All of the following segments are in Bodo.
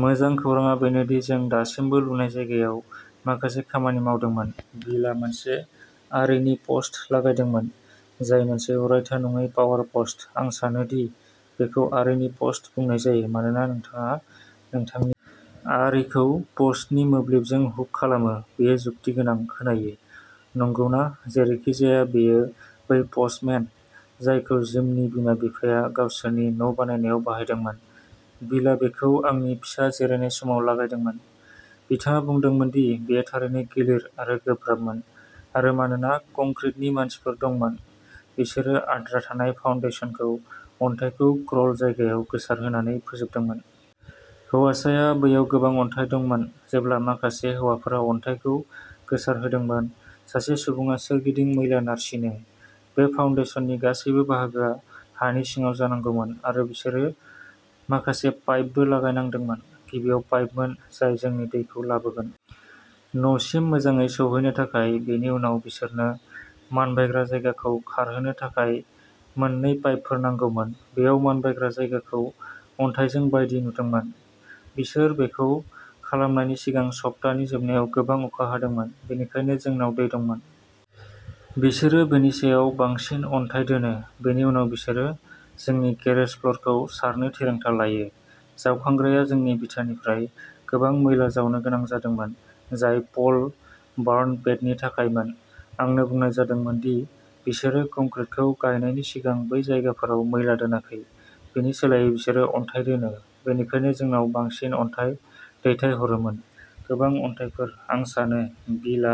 मोजां खौरांआ बेनो दि जों दासिमबो लुनाय जायगायाव माखासे खामानि मावदोंमोन बिलआ मोनसे आरीनि पस्ट लागायदोंमोन जाय मोनसे अरायथा नङै पावार पस्ट आं सानो दि बेखौ आरीनि पस्ट बुंनाय जायो मानोना नोंथाङा नोंथांनि आरीखौ पस्टनि मोब्लिबजों हुक खालामो बेयो जुक्तिगोनां खोनायो नंगौना जेरैखिजाया बेयो बै पस्टमेन जायखौ जिमनि बिमा बिफाया गावसोरनि न'बानायनायाव बाहायदोंमोन बिलआ बेखौ आंनि फिसा जिरायनाय समाव लागायदोंमोन बिथाङा बुंदोंमोन दि बेयो थारैनो गिलिर आरो गोब्राबमोन आरो मानोना कंक्रिटनि मानसिफोर दंमोन बिसोरो आद्रा थानाय फाउन्डेशनखौ अन्थाइखौ क्रल जायगायाव गोसारहोनानै फोजोबदोंमोन। हौवासाया बैयाव गोबां अन्थाइ दंमोन जेब्ला माखासे हौवाफोरा अन्थाइखौ गोसारहोदोंमोन सासे सुबुङा सोरगिदिं मैला नारसिनो! बे फाउन्डेशननि गासैबो बाहागोआ हानि सिङाव जानांगौमोन आरो बिसोरो माखासे पाइपबो लागायनांदोंमोन गिबियाव पाइपमोन जाय जोंनि दैखौ लाबोगोन न'सिम मोजाङै सौहैनो थाखाय बेनि उनाव बिसोरनो मानबायग्रा जायगाखौ खारहोनो थाखाय मोननै पाइपफोर नांगौमोन बेयाव मानबायग्रा जायगाखौ अन्थाइजों बायदि नुदोंमोन बिसोर बेखौ खालामनायनि सिगां सप्तानि जोबनायाव गोबां अखा हादोंमोन बेनिखायनो जोंनाव दै दंमोन बिसोरो बेनि सायाव बांसिन अन्थाइ दोनो बेनि उनाव बिसोरो जोंनि गेरेज फ्ल'रखौ सारनो थिरांथा लायो जावखांग्राया जोंनि बिथानिफ्राय गोबां मैला जावनो गोनां जादोंमोन जाय प'ल बार्न पेडनि थाखायमोन आंनो बुंनाय जादोंमोन दि बिसोरो कंक्रिटखौ गायनायनि सिगां बै जायगाफोराव मैला दोनाखै बिनि सोलायै बिसोरो अन्थाइ दोनो बेनिखायनो जोंनाव बांसिन अन्थाइ दैथायहरोमोन गोबां अन्थाइफोर आं सानो बिलआ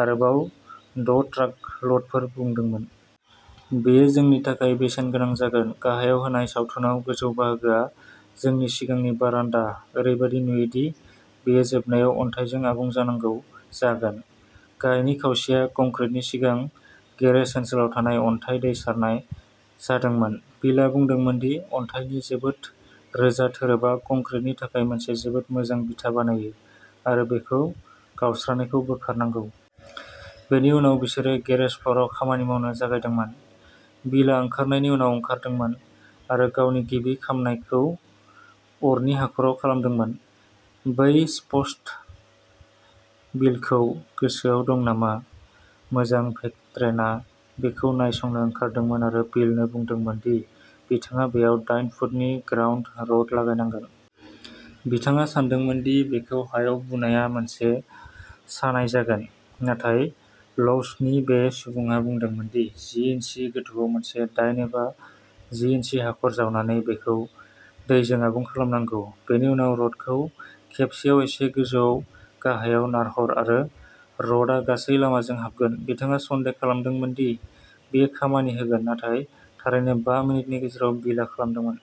आरोबाव द' ट्राक ल'डफोर बुंदोंमोन। बेयो जोंनि थाखाय बेसेन गोनां जागोन गाहायाव होनाय सावथुनाव गोजौ बाहागोआ जोंनि सिगांनि बारान्दा ओरैबायदि नुयो दि बेयो जोबनायाव अन्थाइजों आबुं जानांगौ जागोन गाहायनि खावसेया कंक्रिटनि सिगां गेरेज ओनसोलाव थानाय अन्थाइ दै सारनाय जादोंमोन बिलआ बुंदोंमोन दि अन्थाइनि जोबोद रोजा थोरोबआ कंक्रिटनि थाखाय मोनसे जोबोद मोजां बिथा बानायो आरो बे गावस्रानायखौ बोखारनांगौ। बेनि उनाव बिसोरो गेरेज फ्ल'रआव खामानि मावनो जागायदोंमोन। बिलआ ओंखारनायनि उनाव ओंखारदोंमोन आरो गावनि गिबि खामनायखौ अरनि हाखराव खालामदोंमोन। बै स'पस्ट बिलखौ गोसोआव दं नामा मोजां भेक्ट्रेनआ बेखौ नायसंनो ओंखारदोंमोन आरो बिलनो बुंदोंमोन दि बिथाङा बेयाव दाइन फुटनि ग्राउन्ड रड लागायनांगोन। बिथाङा सानदोंमोन दि बेखौ हायाव बुनाया मोनसे सानाय जागोन। नाथाय ल'व्सनि बे सुबुङा बुंदोंमोन दि जि इन्सि गोथौआव मोनसे दाइन एबा जि इन्सि हाखर जावनानै बेखौ दैजों आबुं खालामनांगौ। बेनि उनाव रडखौ खेबसेआव एसे गोजौआव गाहायाव नारहर आरो रडआ गासै लामाजों हाबगोन बिथाङा सन्देह खालामदोंमोन दि बेयो खामानि होगोन नाथाय थारैनो बा मिनिटनि गेजेराव बिलआ खालामदोंमोन।